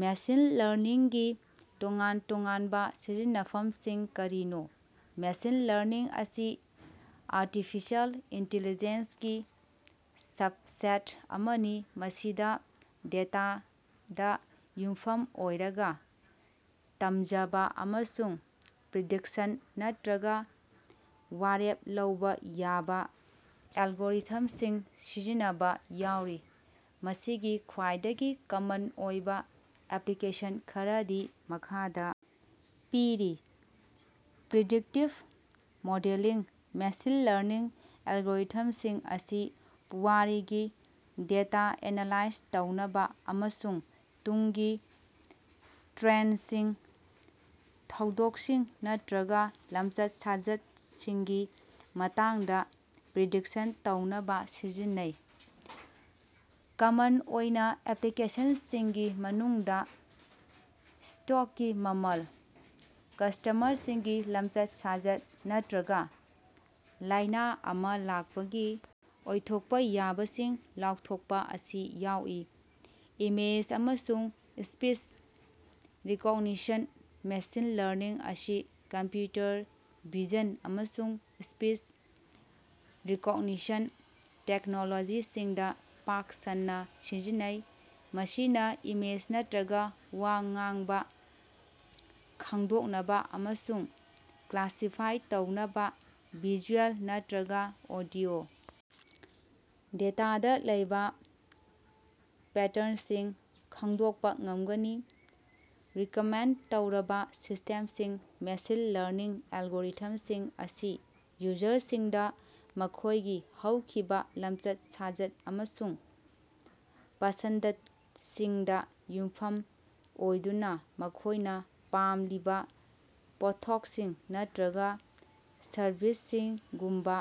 Machine ꯂꯔꯅꯤꯡꯒꯤ ꯇꯣꯉꯥꯟ-ꯇꯣꯉꯥꯟꯕꯥ ꯁꯤꯖꯤꯟꯅꯐꯝꯁꯤꯡ ꯀꯔꯤꯅꯣ? ꯃꯦꯁꯤꯟ ꯂꯔꯅꯤꯡ ꯑꯁꯤ ꯑꯥꯔꯇꯤꯐꯤꯁꯤꯑꯦꯜ ꯏꯟꯇꯤꯂꯤꯖꯦꯟꯁꯒꯤ ꯁꯕꯁꯦꯠ ꯑꯃꯅꯤ, ꯃꯁꯤꯗꯥ ꯗꯦꯇꯥꯗꯥ ꯌꯨꯝꯐꯝ ꯑꯣꯏꯔꯒꯥ ꯇꯝꯖꯕꯥ ꯑꯃꯁꯨꯡ ꯄ꯭ꯔꯤꯗꯤꯛꯁꯟ ꯅꯠꯇ꯭ꯔꯒꯥ ꯋꯥꯔꯦꯞ ꯂꯧꯕꯥ ꯌꯥꯕꯥ ꯑꯦꯜꯒꯣꯔꯤꯊꯝꯁꯤꯡ ꯁꯤꯖꯤꯟꯅꯕꯥ ꯌꯥꯎꯔꯤ꯫ ꯃꯁꯤꯒꯤ ꯈ꯭ꯋꯥꯏꯗꯒꯤ ꯀꯃꯟ ꯑꯣꯏꯕꯥ ꯑꯦꯄ꯭ꯂꯤꯀꯦꯁꯟ ꯈꯔꯗꯤ ꯃꯈꯥꯗꯥ ꯄꯤꯔꯤ: ꯄ꯭ꯔꯤꯗꯤꯛꯇꯤꯚ ꯃꯣꯗꯦꯂꯤꯡ: ꯃꯦꯁꯤꯟ ꯂꯔꯅꯤꯡ ꯑꯦꯜꯒꯣꯔꯤꯊꯝꯁꯤꯡ ꯑꯁꯤ ꯄꯨꯋꯥꯔꯤꯒꯤ ꯗꯦꯇꯥ ꯑꯦꯅꯥꯂꯥꯏꯖ ꯇꯧꯅꯕꯥ ꯑꯃꯁꯨꯡ ꯇꯨꯡꯒꯤ ꯇ꯭ꯔꯦꯟꯗꯁꯤꯡ, ꯊꯧꯗꯣꯛꯁꯤꯡ ꯅꯠꯇ꯭ꯔꯒꯥ ꯂꯝꯆꯠ-ꯁꯥꯖꯠꯁꯤꯡꯒꯤ ꯃꯇꯥꯡꯗꯥ ꯄ꯭ꯔꯤꯗꯤꯛꯁꯟ ꯇꯧꯅꯕꯥ ꯁꯤꯖꯤꯟꯅꯩ꯫ ꯀꯃꯟ ꯑꯣꯏꯕꯥ ꯑꯦꯄ꯭ꯂꯤꯀꯦꯁꯟꯁꯤꯡꯒꯤ ꯃꯅꯨꯡꯗꯥ ꯁ꯭ꯇꯣꯛꯀꯤ ꯃꯃꯜ, ꯀꯁ꯭ꯇꯃꯔꯁꯤꯡꯒꯤ ꯂꯝꯆꯠ-ꯁꯥꯖꯠ ꯅꯠꯇ꯭ꯔꯒꯥ ꯂꯥꯏꯅꯥ ꯑꯃꯥ ꯂꯥꯛꯄꯒꯤ ꯑꯣꯏꯊꯣꯛꯄꯥ ꯌꯥꯕꯁꯤꯡ ꯂꯥꯎꯊꯣꯛꯄꯥ ꯑꯁꯤ ꯌꯥꯎꯏ꯫ ꯏꯃꯦꯖ ꯑꯃꯁꯨꯡ ꯁ꯭ꯄꯤꯆ ꯔꯤꯀꯣꯛꯅꯤꯁꯟ: ꯃꯦꯁꯤꯟ ꯂꯔꯅꯤꯡ ꯑꯁꯤ ꯀꯝꯄ꯭ꯌꯨꯇꯔ ꯚꯤꯖꯟ ꯑꯃꯁꯨꯡ ꯁ꯭ꯄꯤꯆ ꯔꯤꯀꯣꯛꯅꯤꯁꯟ ꯇꯦꯛꯅꯣꯂꯣꯖꯤꯁꯤꯡꯗꯥ ꯄꯥꯛ ꯁꯟꯅꯥ ꯁꯤꯖꯤꯟꯅꯩ꯫ ꯃꯁꯤꯅꯥ ꯏꯃꯦꯖ ꯅꯠꯇ꯭ꯔꯒꯥ ꯋꯥ ꯉꯥꯡꯕꯥ ꯈꯪꯗꯣꯛꯅꯕꯥ ꯑꯃꯁꯨꯡ ꯀ꯭ꯂꯥꯁꯤꯐꯥꯏ ꯇꯧꯅꯕꯥ ꯚꯤꯖꯨꯑꯦꯜ ꯅꯠꯇ꯭ꯔꯒꯥ ꯑꯣꯗꯤꯑꯣ ꯗꯦꯇꯥꯗꯥ ꯂꯩꯕꯥ ꯄꯦꯇ꯭ꯔꯟꯁꯤꯡ ꯈꯪꯗꯣꯛꯄꯥ ꯉꯝꯒꯅꯤ꯫ ꯔꯤꯛꯃꯦꯟꯗ ꯇꯧꯔꯕꯥ ꯁꯤꯁꯇꯦꯝꯁꯤꯡ: ꯃꯦꯁꯤꯟ ꯂꯔꯅꯤꯡ ꯑꯦꯜꯒꯣꯔꯤꯊꯝꯁꯤꯡ ꯑꯁꯤ ꯌꯨꯖꯔꯁꯤꯡꯗꯥ ꯃꯈꯣꯏꯒꯤ ꯍꯧꯈꯤꯕꯥ ꯂꯝꯆꯠ-ꯁꯥꯖꯠ ꯑꯃꯁꯨꯡ ꯄꯁꯟꯗꯁꯤꯡꯗꯥ ꯌꯨꯝꯐꯝ ꯑꯣꯏꯗꯨꯅꯥ ꯃꯈꯣꯏꯅꯥ ꯄꯥꯝꯂꯤꯕꯥ ꯄꯣꯠꯊꯣꯛꯁꯤꯡ ꯅꯠꯇ꯭ꯔꯒꯥ ꯁꯔꯚꯤꯁꯁꯤꯡꯒꯨꯝꯕꯥ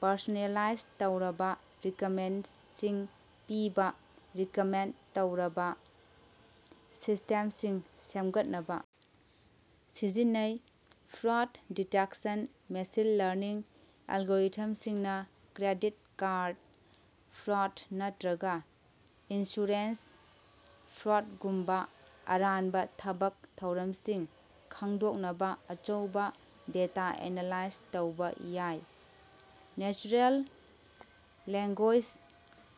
ꯄꯔꯁꯣꯅꯦꯂꯥꯏꯖ ꯇꯧꯔꯕꯥ ꯔꯤꯛꯃꯦꯟꯗꯦꯁꯟꯁꯤꯡ ꯄꯤꯕꯥ ꯔꯤꯛꯃꯦꯟꯗ ꯇꯧꯔꯕꯥ ꯁꯤꯁꯇꯦꯝꯁꯤꯡ ꯁꯦꯝꯒꯠꯅꯕꯥ ꯁꯤꯖꯤꯟꯅꯩ꯫ ꯐ꯭ꯔꯣꯗ ꯗꯤꯇꯦꯛꯁꯟ: ꯃꯦꯁꯤꯟ ꯂꯔꯅꯤꯡ ꯑꯦꯜꯒꯣꯔꯤꯊꯝꯁꯤꯡꯅꯥ ꯀ꯭ꯔꯦꯗꯤꯠ ꯀꯥꯔꯗ ꯐ꯭ꯔꯣꯗ ꯅꯠꯇ꯭ꯔꯒꯥ ꯏꯟꯁꯨꯔꯦꯟꯁ ꯐ꯭ꯔꯣꯗꯒꯨꯝꯕꯥ ꯑꯔꯥꯟꯕꯥ ꯊꯕꯛ ꯊꯧꯔꯝꯁꯤꯡ ꯈꯪꯗꯣꯛꯅꯕꯥ ꯑꯆꯧꯕꯥ ꯗꯦꯇꯥ ꯑꯦꯅꯥꯂꯥꯏꯖ ꯇꯧꯕꯥ ꯌꯥꯏ꯫ Natural language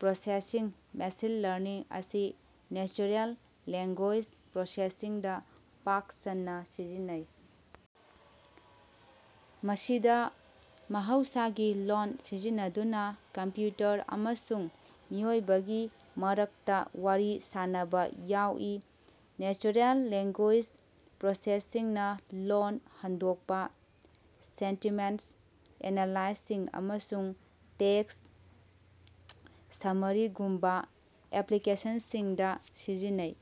processing: machine learning ꯑꯁꯤ ꯅꯦꯆꯔꯦꯜ ꯂꯦꯡꯒꯣꯏꯖ ꯄ꯭ꯔꯣꯁꯦꯁꯤꯡꯗꯥ ꯄꯥꯛ ꯁꯟꯅꯥ ꯁꯤꯖꯤꯟꯅꯩ, ꯃꯁꯤꯗꯥ ꯃꯍꯧꯁꯥꯒꯤ ꯂꯣꯜ ꯁꯤꯖꯤꯟꯅꯗꯨꯅꯥ ꯀꯝꯄ꯭ꯌꯨꯇꯔ ꯑꯃꯁꯨꯡ ꯃꯤꯑꯣꯏꯕꯒꯤ ꯃꯔꯛꯇꯥ ꯋꯥꯔꯤ ꯁꯥꯅꯕꯥ ꯌꯥꯎꯏ꯫ ꯅꯦꯆꯔꯦꯜ ꯂꯦꯡꯒꯣꯏꯖ ꯄ꯭ꯔꯣꯁꯦꯁꯤꯡꯅꯥ ꯂꯣꯜ ꯍꯟꯗꯣꯛꯄꯥ, ꯁꯦꯟꯇꯤꯃꯦꯟꯇ ꯑꯦꯅꯥꯂꯥꯏꯁꯤꯁ ꯑꯃꯁꯨꯡ ꯇꯦꯛꯁ ꯁꯝꯃꯥꯔꯤꯖꯒꯨꯝꯕꯥ ꯑꯦꯄ꯭ꯂꯤꯀꯦꯁꯟꯁꯤꯡꯗꯥ ꯁꯤꯖꯤꯟꯅꯩ꯫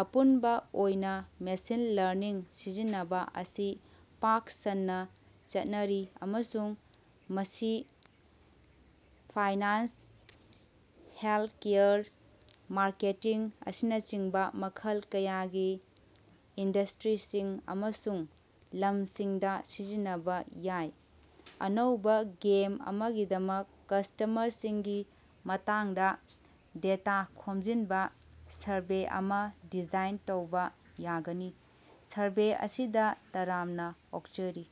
ꯑꯄꯨꯟꯕꯥ ꯑꯣꯏꯅꯥ ꯃꯦꯁꯤꯟ ꯂꯔꯅꯤꯡ ꯁꯤꯖꯤꯟꯅꯕꯥ ꯑꯁꯤ ꯄꯥꯛ ꯁꯟꯅꯥ ꯆꯠꯅꯔꯤ ꯑꯃꯁꯨꯡ ꯃꯁꯤ ꯐꯥꯏꯅꯥꯟꯁ, ꯍꯦꯜꯊꯀꯦꯌꯔ, ꯃꯥꯔꯀꯦꯇꯤꯡ, ꯑꯁꯤꯅꯆꯤꯡꯕꯥ ꯃꯈꯜ ꯀꯌꯥꯒꯤ ꯏꯟꯗꯁꯇ꯭ꯔꯤꯁꯤꯡ ꯑꯃꯁꯨꯡ ꯂꯝꯁꯤꯡꯗꯥ ꯁꯤꯖꯤꯟꯅꯕꯥ ꯌꯥꯏ꯫ ꯑꯅꯧꯕꯥ ꯒꯦꯝ ꯑꯃꯒꯤꯗꯃꯛ ꯀꯁ꯭ꯇꯃꯔꯁꯤꯡꯒꯤ ꯃꯇꯥꯡꯗꯥ ꯗꯦꯇꯥ ꯈꯣꯝꯖꯤꯟꯕꯥ ꯁꯔꯚꯦ ꯑꯃꯥ ꯗꯤꯖꯥꯏꯟ ꯇꯧꯕꯥ ꯌꯥꯒꯅꯤ꯫ ꯁꯔꯚꯦ ꯑꯁꯤꯗꯥ ꯇꯔꯥꯝꯅꯥ ꯑꯣꯛꯆꯔꯤ!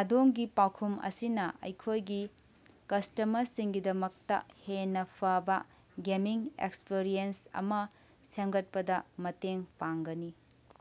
ꯑꯗꯣꯝꯒꯤ ꯄꯥꯎꯈꯨꯝ ꯑꯁꯤꯅꯥ ꯑꯩꯈꯣꯏꯒꯤ ꯀꯁ꯭ꯇꯃꯔꯁꯤꯡꯒꯤꯗꯃꯛꯇꯥ ꯍꯦꯟꯅꯥ ꯐꯕꯥ ꯒꯦꯃꯤꯡ ꯑꯦꯛꯁꯄꯔꯤꯌꯦꯟꯁ ꯑꯃꯥ ꯁꯦꯃꯒꯠꯄꯗꯥ ꯃꯇꯦꯡ ꯄꯥꯡꯒꯅꯤ꯫